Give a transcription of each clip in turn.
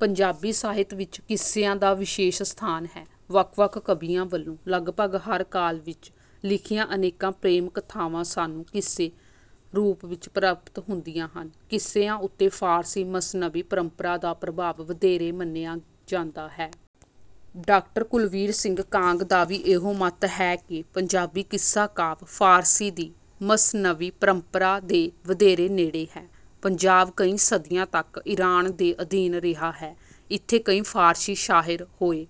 ਪੰਜਾਬੀ ਸਾਹਿਤ ਵਿੱਚ ਕਿੱਸਿਆਂ ਦਾ ਵਿਸ਼ੇਸ਼ ਸਥਾਨ ਹੈ। ਵੱਖ-ਵੱਖ ਕਵੀਆਂ ਵੱਲੋਂ ਲਗਭਗ ਹਰ ਕਾਲ ਵਿੱਚ ਲਿਖੀਆਂ ਅਨੇਕਾਂ ਪ੍ਰੇਮ-ਕਥਾਵਾਂ ਸਾਨੂੰ ਕਿੱਸਾ ਰੂਪ ਵਿੱਚ ਪ੍ਰਾਪਤ ਹੁੰਦੀਆਂ ਹਨ। ਕਿੱਸਿਆਂ ਉੱਤੇ ਫ਼ਾਰਸੀ ਮਸਨਵੀ ਪਰੰਪਰਾ ਦਾ ਪ੍ਰਭਾਵ ਵਧੇਰੇ ਮੰਨਿਆ ਜਾਂਦਾ ਹੈ। ਡਾਕਟਰ ਕੁਲਬੀਰ ਸਿੰਘ ਕਾਂਗ ਦਾ ਵੀ ਇਹੋ ਮੱਤ ਹੈ ਕਿ ਪੰਜਾਬੀ ਕਿੱਸਾ ਕਾਵਿ ਫ਼ਾਰਸੀ ਦੀ ਮਸਨਵੀ ਪਰੰਪਰਾ ਦੇ ਵਧੇਰੇ ਨੇੜੇ ਹੈ। ਪੰਜਾਬ ਕਈ ਸਦੀਆਂ ਤੱਕ ਇਰਾਨ ਦੇ ਅਧੀਨ ਰਿਹਾ ਹੈ। ਇੱਥੇ ਕਈ ਫ਼ਾਰਸੀ ਸ਼ਾਇਰ ਹੋਏ।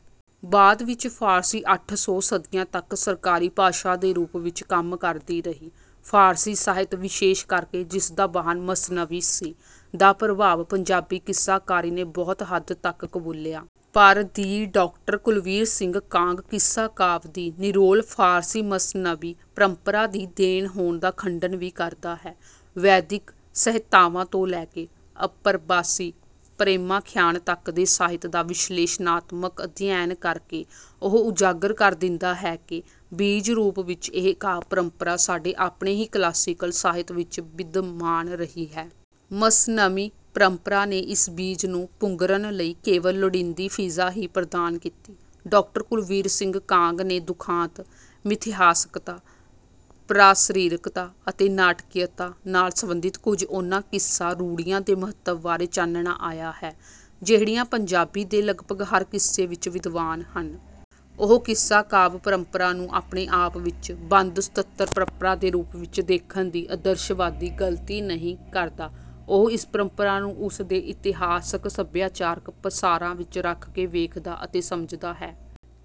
ਬਾਅਦ ਵਿੱਚ ਫ਼ਾਰਸੀ ਅੱਠ ਸੌ ਸਦੀਆਂ ਤੱਕ ਸਰਕਾਰੀ ਭਾਸ਼ਾ ਦੇ ਰੂਪ ਵਿੱਚ ਕੰਮ ਕਰਦੀ ਰਹੀ। ਫ਼ਾਰਸੀ ਸਾਹਿਤ, ਵਿਸ਼ੇਸ਼ ਕਰਕੇ ਜਿਸ ਦਾ ਵਾਹਨ ਮਸਨਵੀ ਸੀ, ਦਾ ਪ੍ਰਭਾਵ ਪੰਜਾਬੀ ਕਿੱਸਾਕਾਰੀ ਨੇ ਬਹੁਤ ਹੱਦ ਤੱਕ ਕਬੂਲਿਆ। ਪਰ ਦੀ ਡਾਕਟਰ ਕੁਲਬੀਰ ਸਿੰਘ ਕਾਂਗ ਕਿੱਸਾ ਕਾਵਿ ਦੀ ਨਿਰੋਲ ਫ਼ਾਰਸੀ ਮਸਨਵੀ ਪਰੰਪਰਾ ਦੀ ਦੇਣ ਹੋਣ ਦਾ ਖੰਡਨ ਵੀ ਕਰਦਾ ਹੈ। ਵੈਦਿਕ ਸੰਹਿਤਾਵਾਂ ਤੋਂ ਲੈ ਕੇ ਅਪਭ੍ਰੰਸ਼ੀ ਪ੍ਰੇਮਾਖਿਆਨ ਤੱਕ ਦੇ ਸਾਹਿਤ ਦਾ ਵਿਸ਼ਲੇਸ਼ਣਾਤਮਕ ਅਧਿਐਨ ਕਰਕੇ ਉਹ ਉਜਾਗਰ ਕਰ ਦਿੰਦਾ ਹੈ ਕਿ ਬੀਜ ਰੂਪ ਵਿੱਚ ਇਹ ਕਾਵਿ ਪਰੰਪਰਾ ਸਾਡੇ ਆਪਣੇ ਹੀ ਕਲਾਸੀਕਲ ਸਾਹਿਤ ਵਿੱਚ ਵਿਦਮਾਨ ਰਹੀ ਹੈ। ਮਸਨਵੀ ਪਰੰਪਰਾ ਨੇ ਇਸ ਬੀਜ ਨੂੰ ਪੁੰਗਰਨ ਲਈ ਕੇਵਲ ਲੋੜੀਂਦੀ ਫ਼ਿਜ਼ਾ ਹੀ ਪ੍ਰਦਾਨ ਕੀਤੀ। ਡਾਕਟਰ ਕੁਲਬੀਰ ਸਿੰਘ ਕਾਂਗ ਨੇ ਦੁਖਾਂਤ, ਮਿਥਿਹਾਸਕਤਾ, ਪਰਾਸਰੀਰਕਤਾ ਅਤੇ ਨਾਟਕੀਅਤਾ ਨਾਲ ਸੰਬੰਧਿਤ ਕੁਝ ਉਨ੍ਹਾਂ ਕਿੱਸਾ-ਰੂੜ੍ਹੀਆਂ ਦੇ ਮਹੱਤਵ ਬਾਰੇ ਚਾਨਣਾ ਪਾਇਆ ਹੈ, ਜਿਹੜੀਆਂ ਪੰਜਾਬੀ ਦੇ ਲਗਭਗ ਹਰ ਕਿੱਸੇ ਵਿੱਚ ਵਿਦਮਾਨ ਹਨ। ਉਹ ਕਿੱਸਾ ਕਾਵਿ ਪਰੰਪਰਾ ਨੂੰ ਆਪਣੇ ਆਪ ਵਿੱਚ ਬੰਦ ਸੁਤੰਤਰ ਪਰੰਪਰਾ ਦੇ ਰੂਪ ਵਿੱਚ ਦੇਖਣ ਦੀ ਆਦਰਸ਼ਵਾਦੀ ਗ਼ਲਤੀ ਨਹੀਂ ਕਰਦਾ। ਉਹ ਇਸ ਪਰੰਪਰਾ ਨੂੰ ਉਸ ਦੇ ਇਤਿਹਾਸਕ-ਸੱਭਿਆਚਾਰਕ ਪਸਾਰਾਂ ਵਿੱਚ ਰੱਖ ਕੇ ਵੇਖਦਾ ਅਤੇ ਸਮਝਦਾ ਹੈ।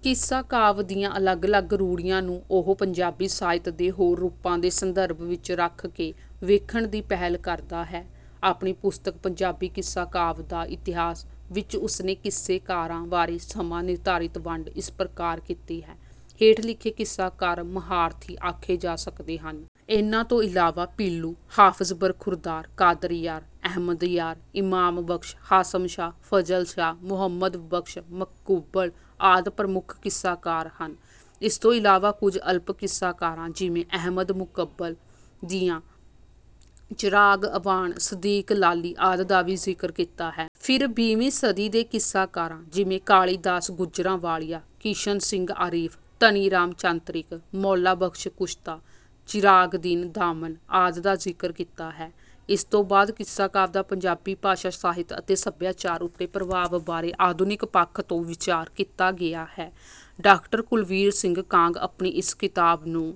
ਕਿੱਸਾ ਕਾਵਿ ਦੀਆਂ ਅਲੱਗ-ਅਲੱਗ ਰੂੜ੍ਹੀਆਂ ਨੂੰ ਉਹ ਪੰਜਾਬੀ ਸਾਹਿਤ ਦੇ ਹੋਰ ਰੂਪਾਂ ਦੇ ਸੰਦਰਭ ਵਿੱਚ ਰੱਖ ਕੇ ਵੇਖਣ ਦੀ ਪਹਿਲ ਕਰਦਾ ਹੈ। ਆਪਣੀ ਪੁਸਤਕ ‘ਪੰਜਾਬੀ ਕਿੱਸਾ ਕਾਵਿ ਦਾ ਇਤਿਹਾਸ’ ਵਿੱਚ ਉਸ ਨੇ ਕਿੱਸਾਕਾਰਾਂ ਬਾਰੇ ਸਮਾਂ-ਨਿਰਧਾਰਿਤ ਵੰਡ ਇਸ ਪ੍ਰਕਾਰ ਕੀਤੀ ਹੈ: ਹੇਠ ਲਿਖੇ ਕਿੱਸਾਕਾਰ ਮਹਾਰਥੀ ਆਖੇ ਜਾ ਸਕਦੇ ਹਨ। ਇਨ੍ਹਾਂ ਤੋਂ ਇਲਾਵਾ ਪੀਲੂ, ਹਾਫ਼ਜ਼ ਬਰਖੁਰਦਾਰ, ਕਾਦਰਯਾਰ, ਅਹਿਮਦਯਾਰ, ਇਮਾਮ ਬਖ਼ਸ਼, ਹਾਸ਼ਮ ਸ਼ਾਹ, ਫ਼ਜ਼ਲ ਸ਼ਾਹ, ਮੁਹੰਮਦ ਬਖ਼ਸ਼ ਮਕਬੂਲ ਆਦਿ ਪ੍ਰਮੁੱਖ ਕਿੱਸਾਕਾਰ ਹਨ। ਇਸ ਤੋਂ ਇਲਾਵਾ ਕੁਝ ਅਲਪ ਕਿੱਸਾਕਾਰਾਂ, ਜਿਵੇਂ ਅਹਿਮਦ, ਮੁਕਬਲ, ਮੀਆਂ ਚਿਰਾਗ ਅਵਾਣ, ਸਦੀਕ ਲਾਲੀ ਆਦਿ ਦਾ ਵੀ ਜ਼ਿਕਰ ਕੀਤਾ ਹੈ। ਫਿਰ ਵੀਹਵੀਂ ਸਦੀ ਦੇ ਕਿੱਸਾਕਾਰਾਂ, ਜਿਵੇਂ ਕਾਲੀਦਾਸ ਗੁਜਰਾਵਾਲੀਆਂ, ਕਿਸ਼ਨ ਸਿੰਘ ਆਰਿਫ਼, ਧਨੀ ਰਾਮ ਚਾਤ੍ਰਿਕ, ਮੌਲਾ ਬਖ਼ਸ਼ ਕੁਸ਼ਤਾ, ਚਿਰਾਗਦੀਨ ਦਾਮਨ ਆਦਿ ਦਾ ਜ਼ਿਕਰ ਕੀਤਾ ਹੈ। ਇਸ ਤੋਂ ਬਾਅਦ ਕਿੱਸਾ ਕਾਵਿ ਦਾ ਪੰਜਾਬੀ ਭਾਸ਼ਾ, ਸਾਹਿਤ ਅਤੇ ਸੱਭਿਆਚਾਰ ਉੱਤੇ ਪ੍ਰਭਾਵ ਬਾਰੇ ਆਧੁਨਿਕ ਪੱਖ ਤੋਂ ਵਿਚਾਰ ਕੀਤਾ ਗਿਆ ਹੈ। ਡਾਕਟਰ ਕੁਲਬੀਰ ਸਿੰਘ ਕਾਂਗ ਆਪਣੀ ਇਸ ਕਿਤਾਬ ਨੂੰ...